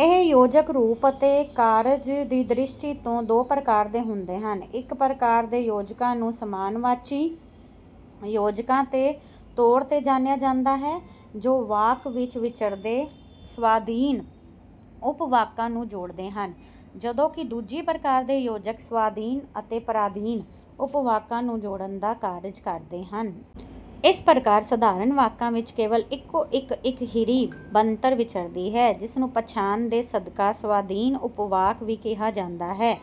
ਇਹ ਯੋਜਕ ਰੂਪ ਅਤੇ ਕਾਰਜ ਦੀ ਦ੍ਰਿਸ਼ਟੀ ਤੋਂ ਦੋ ਪ੍ਰਕਾਰ ਦੇ ਹੁੰਦੇ ਹਨ। ਇੱਕ ਪ੍ਰਕਾਰ ਦੇ ਯੋਜਕਾਂ ਨੂੰ ਸਮਾਨਵਾਚੀ ਯੋਜਕਾਂ ਦੇ ਤੌਰ 'ਤੇ ਜਾਣਿਆ ਜਾਂਦਾ ਹੈ, ਜੋ ਵਾਕ ਵਿੱਚ ਵਿਚਰਦੇ ਸਵਾਧੀਨ ਉਪਵਾਕਾਂ ਨੂੰ ਜੋੜਦੇ ਹਨ, ਜਦੋਂ ਕਿ ਦੂਜੀ ਪ੍ਰਕਾਰ ਦੇ ਯੋਜਕ ਸਵਾਧੀਨ ਅਤੇ ਪਰਾਧੀਨ ਉਪਵਾਕਾਂ ਨੂੰ ਜੋੜਨ ਦਾ ਕਾਰਜ ਕਰਦੇ ਹਨ। ਇਸ ਪ੍ਰਕਾਰ ਸਧਾਰਨ ਵਾਕਾਂ ਵਿੱਚ ਕੇਵਲ ਇੱਕੋ-ਇੱਕ ਇਕਹਿਰੀ ਬਣਤਰ ਵਿਚਰਦੀ ਹੈ, ਜਿਸਨੂੰ ਪਛਾਣ ਦੇ ਸਦਕਾ ਸਵਾਧੀਨ ਉਪਵਾਕ ਵੀ ਕਿਹਾ ਜਾਂਦਾ ਹੈ,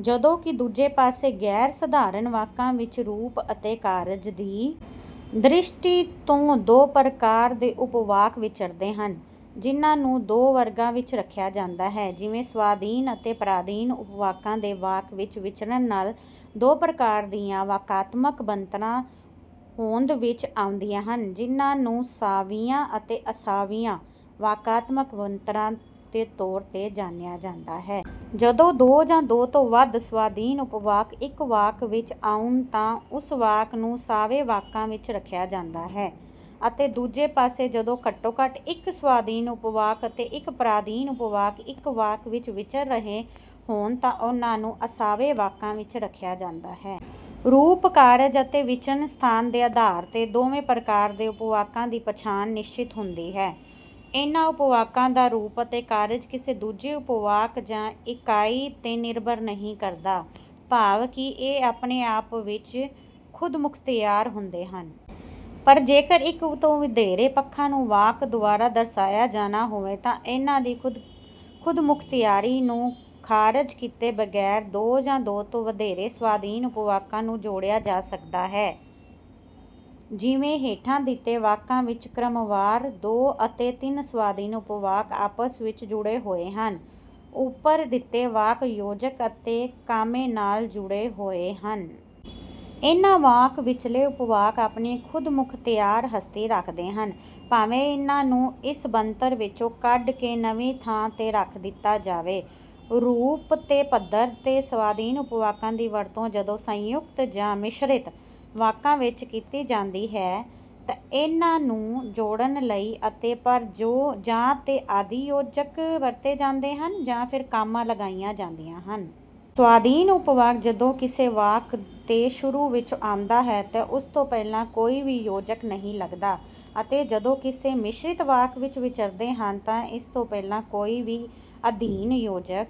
ਜਦੋਂ ਕਿ ਦੂਜੇ ਪਾਸੇ ਗੈਰ-ਸਧਾਰਨ ਵਾਕਾਂ ਵਿੱਚ ਰੂਪ ਅਤੇ ਕਾਰਜ ਦੀ ਦ੍ਰਿਸ਼ਟੀ ਤੋਂ ਦੋ ਪ੍ਰਕਾਰ ਦੇ ਉਪਵਾਕ ਵਿਚਰਦੇ ਹਨ, ਜਿਨ੍ਹਾਂ ਨੂੰ ਦੋ ਵਰਗਾਂ ਵਿੱਚ ਰੱਖਿਆ ਜਾਂਦਾ ਹੈ, ਜਿਵੇਂ; ਸਵਾਧੀਨ ਅਤੇ ਪਰਾਧੀਨ ਉਪਵਾਕਾਂ ਦੇ ਵਾਕ ਵਿੱਚ ਵਿਚਰਨ ਨਾਲ ਦੋ ਪ੍ਰਕਾਰ ਦੀਆਂ ਵਾਕਾਤਮਕ ਬਣਤਰਾਂ ਹੋਂਦ ਵਿੱਚ ਆਉਂਦੀਆਂ ਹਨ, ਜਿਨ੍ਹਾਂ ਨੂੰ ਸਾਵੀਆਂ ਅਤੇ ਅਸਾਵੀਆਂ ਵਾਕਾਤਮਕ ਬਣਤਰਾਂ ਦੇ ਤੌਰ 'ਤੇ ਜਾਣਿਆ ਜਾਂਦਾ ਹੈ। ਜਦੋਂ ਦੋ ਜਾਂ ਦੋ ਤੋਂ ਵੱਧ ਸਵਾਧੀਨ ਉਪਵਾਕ ਇੱਕ ਵਾਕ ਵਿੱਚ ਆਉਣ ਤਾਂ ਉਸ ਵਾਕ ਨੂੰ ਸਾਵੇਂ ਵਾਕਾਂ ਵਿੱਚ ਰੱਖਿਆ ਜਾਂਦਾ ਹੈ, ਅਤੇ ਦੂਜੇ ਪਾਸੇ ਜਦੋਂ ਘੱਟੋ-ਘੱਟ ਇੱਕ ਸਵਾਧੀਨ ਉਪਵਾਕ ਅਤੇ ਇੱਕ ਪਰਾਧੀਨ ਉਪਵਾਕ ਇੱਕ ਵਾਕ ਵਿੱਚ ਵਿਚਰ ਰਹੇ ਹੋਣ ਤਾਂ ਉਨ੍ਹਾਂ ਨੂੰ ਅਸਾਵੇਂ ਵਾਕਾਂ ਵਿੱਚ ਰੱਖਿਆ ਜਾਂਦਾ ਹੈ। ਰੂਪ, ਕਾਰਜ ਅਤੇ ਵਿਚਰਨ ਸਥਾਨ ਦੇ ਆਧਾਰ 'ਤੇ ਦੋਵੇਂ ਪ੍ਰਕਾਰ ਦੇ ਉਪਵਾਕਾਂ ਦੀ ਪਛਾਣ ਨਿਸ਼ਚਿਤ ਹੁੰਦੀ ਹੈ। ਇਨ੍ਹਾਂ ਉਪਵਾਕਾਂ ਦਾ ਰੂਪ ਅਤੇ ਕਾਰਜ ਕਿਸੇ ਦੂਜੇ ਉਪਵਾਕ ਜਾਂ ਇਕਾਈ 'ਤੇ ਨਿਰਭਰ ਨਹੀਂ ਕਰਦਾ, ਭਾਵ ਕਿ ਇਹ ਆਪਣੇ ਆਪ ਵਿੱਚ ਖ਼ੁਦਮੁਖਤਿਆਰ ਹੁੰਦੇ ਹਨ। ਪਰ ਜੇਕਰ ਇੱਕ ਤੋਂ ਵਧੇਰੇ ਪੱਖਾਂ ਨੂੰ ਵਾਕ ਦੁਆਰਾ ਦਰਸਾਇਆ ਜਾਣਾ ਹੋਵੇ ਤਾਂ ਇਨ੍ਹਾਂ ਦੀ ਖ਼ੁਦਮੁਖਤਿਆਰੀ ਨੂੰ ਖਾਰਜ ਕੀਤੇ ਬਗੈਰ ਦੋ ਜਾਂ ਦੋ ਤੋਂ ਵਧੇਰੇ ਸਵਾਧੀਨ ਉਪਵਾਕਾਂ ਨੂੰ ਜੋੜਿਆ ਜਾ ਸਕਦਾ ਹੈ; ਜਿਵੇਂ ਹੇਠਾਂ ਦਿੱਤੇ ਵਾਕਾਂ ਵਿੱਚ ਕ੍ਰਮਵਾਰ ਦੋ ਅਤੇ ਤਿੰਨ ਸਵਾਧੀਨ ਉਪਵਾਕ ਆਪਸ ਵਿੱਚ ਜੁੜੇ ਹੋਏ ਹਨ; ਉੱਪਰ ਦਿੱਤੇ ਵਾਕ ਯੋਜਕ ਅਤੇ ਅਤੇ ਕਾਮੇ ਨਾਲ ਜੁੜੇ ਹੋਏ ਹਨ। ਇਨ੍ਹਾਂ ਵਾਕਾਂ ਵਿਚਲੇ ਉਪਵਾਕ ਆਪਣੀ ਖ਼ੁਦਮੁਖਤਿਆਰ ਹਸਤੀ ਰੱਖਦੇ ਹਨ, ਭਾਵੇਂ ਇਨ੍ਹਾਂ ਨੂੰ ਇਸ ਬਣਤਰ ਵਿੱਚੋਂ ਕੱਢ ਕੇ ਨਵੀਂ ਥਾਂ 'ਤੇ ਰੱਖ ਦਿੱਤਾ ਜਾਵੇ। ਰੂਪ ਦੇ ਪੱਧਰ 'ਤੇ ਸਵਾਧੀਨ ਉਪਵਾਕਾਂ ਦੀ ਵਰਤੋਂ ਜਦੋਂ ਸੰਯੁਕਤ ਜਾਂ ਮਿਸ਼ਰਿਤ ਵਾਕਾਂ ਵਿੱਚ ਕੀਤੀ ਜਾਂਦੀ ਹੈ ਤਾਂ ਇਨ੍ਹਾਂ ਨੂੰ ਜੋੜਨ ਲਈ ਅਤੇ, ਪਰ, ਜੋ, ਜਾਂ, ਤੇ ਆਦਿ ਯੋਜਕ ਵਰਤੇ ਜਾਂਦੇ ਹਨ ਜਾਂ ਫਿਰ ਕਾਮਾ ਲਗਾਇਆ ਜਾਂਦਾ ਹੈ। ਸਵਾਧੀਨ ਉਪਵਾਕ ਜਦੋਂ ਕਿਸੇ ਵਾਕ ਦੇ ਸ਼ੁਰੂ ਵਿੱਚ ਆਉਂਦਾ ਹੈ ਤਾਂ ਉਸ ਤੋਂ ਪਹਿਲਾਂ ਕੋਈ ਵੀ ਯੋਜਕ ਨਹੀਂ ਲਗਦਾ, ਅਤੇ ਜਦੋਂ ਕਿਸੇ ਮਿਸ਼ਰਿਤ ਵਾਕ ਵਿੱਚ ਵਿਚਰਦੇ ਹਨ ਤਾਂ ਇਸ ਤੋਂ ਪਹਿਲਾਂ ਕੋਈ ਵੀ ਅਧੀਨ ਯੋਜਕ